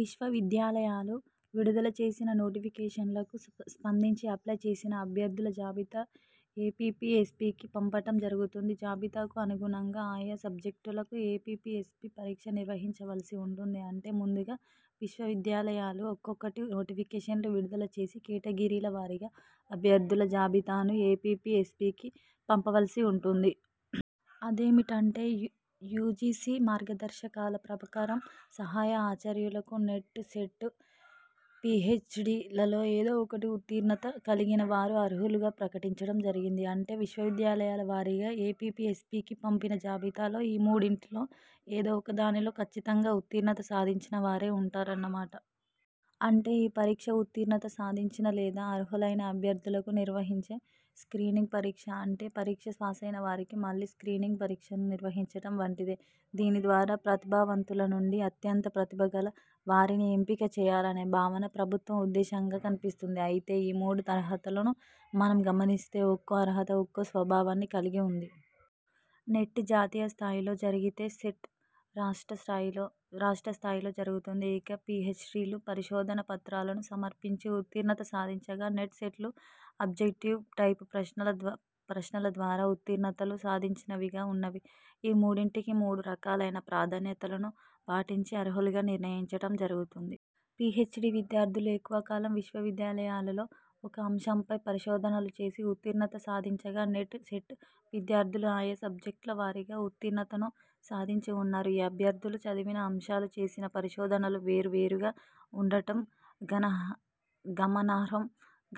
విశ్వవిద్యాలయాలు విడుదల చేసిన నోటిఫికేషన్లకు స్పందించి అప్లై చేసిన అభ్యర్థుల జాబితా ఏపీపీఎస్సీకి పంపటం జరుగుతుంది. జాబితాకు అనుగుణంగా ఆయా సబ్జెక్టులకు ఏపీపీఎస్సీ పరీక్ష నిర్వహించవలసి ఉంటుంది. అంటే ముందుగా విశ్వవిద్యాలయాలు ఒక్కొక్కటి నోటిఫికేషన్లు విడుదల చేసి, కేటగిరీల వారీగా అభ్యర్థుల జాబితాను ఏపీపీఎస్సీకి పంపవలసి ఉంటుంది. అదేమిటంటే యూజీసీ మార్గదర్శకాల ప్రకారం సహాయ ఆచార్యులకు నెట్/ సెట్/ పీహెచ్డీలలో ఏదో ఒకటి ఉత్తీర్ణత కలిగిన వారు అర్హులుగా ప్రకటించటం జరిగింది. అంటే విశ్వవిద్యాలయాల వారీగా ఏపీపీఎస్సీకి పంపిన జాబితాలో ఈ మూడింటిలో ఏదో ఒక దానిలో ఖచ్ఛితంగా ఉత్తీర్ణత సాధించినవారే ఉంటారన్న మాట. అంటే ఈ పరీక్ష ఉత్తీర్ణత సాధించిన లేదా అర్హులైన అభ్యర్థులకు నిర్హహించే స్క్రీనింగ్ పరీక్ష. అంటే పరీక్ష పాసైన వారికి మళ్ళీ స్క్రీనింగ్ పరీక్షను నిర్వహించటం వంటిదే. దీనిద్వారా ప్రతిభావంతుల నుండి అత్యంత ప్రతిభగల వారిని ఎంపిక చేయాలనే భావన ప్రభుత్వం ఉద్దేశంగా కనిపిస్తుంది. అయితే ఈ మూడు అర్హతలను మనం గమనిస్తే ఒక్కో అర్హత ఒక్కో స్వభావాన్ని కలిగి ఉంది. నెట్ జాతీయ స్థాయిలో జరిగితే, సెట్ రాష్ట్ర స్థాయిలో జరుగుతుంది. ఇక పీహెచ్డీలు పరిశోధన పత్రాలను సమర్పించి ఉత్తీర్ణత సాధించగా, నెట్, సెట్లు అబ్జెటివ్ టైపు ప్రశ్నల ద్వారా ఉత్తీర్ణతలు సాధించినవిగా ఉన్నవి. ఈ మూడింటికి మూడు రకాలైన ప్రాధాన్యతలను పాటించి అర్హులుగా నిర్ణయించటం జరుగుతుంది. పీహెచ్డీ విద్యార్థులు ఎక్కువ కాలం విశ్వవిద్యాలయాలలో ఒక అంశంపై పరిశోధనలు చేసి ఉత్తీర్ణత సాధించగా నెట్, సెట్ విద్యార్థులు ఆయా సబ్జెక్ట్ల వారీగా ఉత్తీర్ణతను సాధించి వున్నారు. ఈ అభ్యర్థులు చదివిన అంశాలు, చేసిన పరిశోధనలు వేరు వేరుగా ఉండటం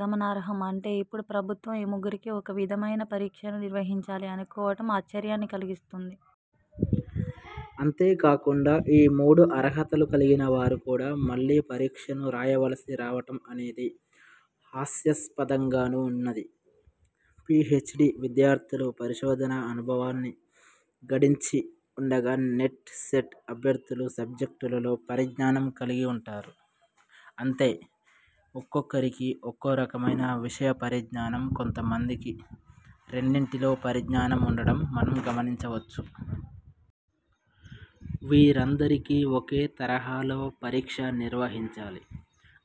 గమనార్హం. అంటే ఇప్పుడు ప్రభుత్వం ఈ ముగ్గురికి ఒక విధమైన పరీక్షను నిర్వహించాలి అనుకోవటం ఆశ్చర్యాన్ని కల్గిస్తుంది. అంతేకాకుండా ఈ మూడు అర్హతలు కలిగిన వారు కూడా మళ్ళీ పరీక్షను రాయవలసి రావటం అనేది హాస్యాస్పదంగాను ఉన్నది. పీహెచ్డీ విద్యార్థులు పరిశోధన అనుభవాన్ని గడించి ఉండగా, నెట్, సెట్ అభ్యర్థులు సబ్జెక్టులలో పరిజ్ఞానం కలిగి ఉంటారు. అంటే ఒక్కొక్కరికి ఒక్కోరకమైన విషయ పరిజ్ఞానం, కొంత మందికి రెండింటిలో పరిజ్ఞానం ఉండటం మనం గమనించవచ్చు. వీరందరికి ఒకే తరహాలో పరీక్ష నిర్వహించాలి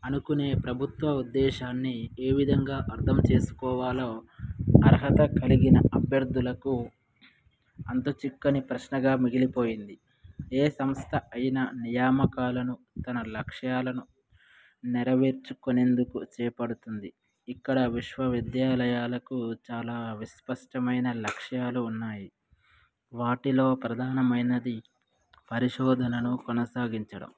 అనుకునే ప్రభుత్వ ఉద్దేశాన్ని ఏవిధంగా అర్థం చేసుకోవాలో అర్హత కలిగిన అభ్యర్థులకు అంతుచిక్కని ప్రశ్నగా మిగిలిపోయింది. ఏ సంస్థ అయినా నియామకాలను తన లక్ష్యాలను నెరవేర్చుకొనేందుకు చేపడుతుంది. ఇక్కడ విశ్వవిద్యాలయాలకు చాలా విస్పష్టమైన లక్ష్యాలు ఉన్నాయి. వాటిలో ప్రధానమైనది పరిశోధనను కొనసాగించటం.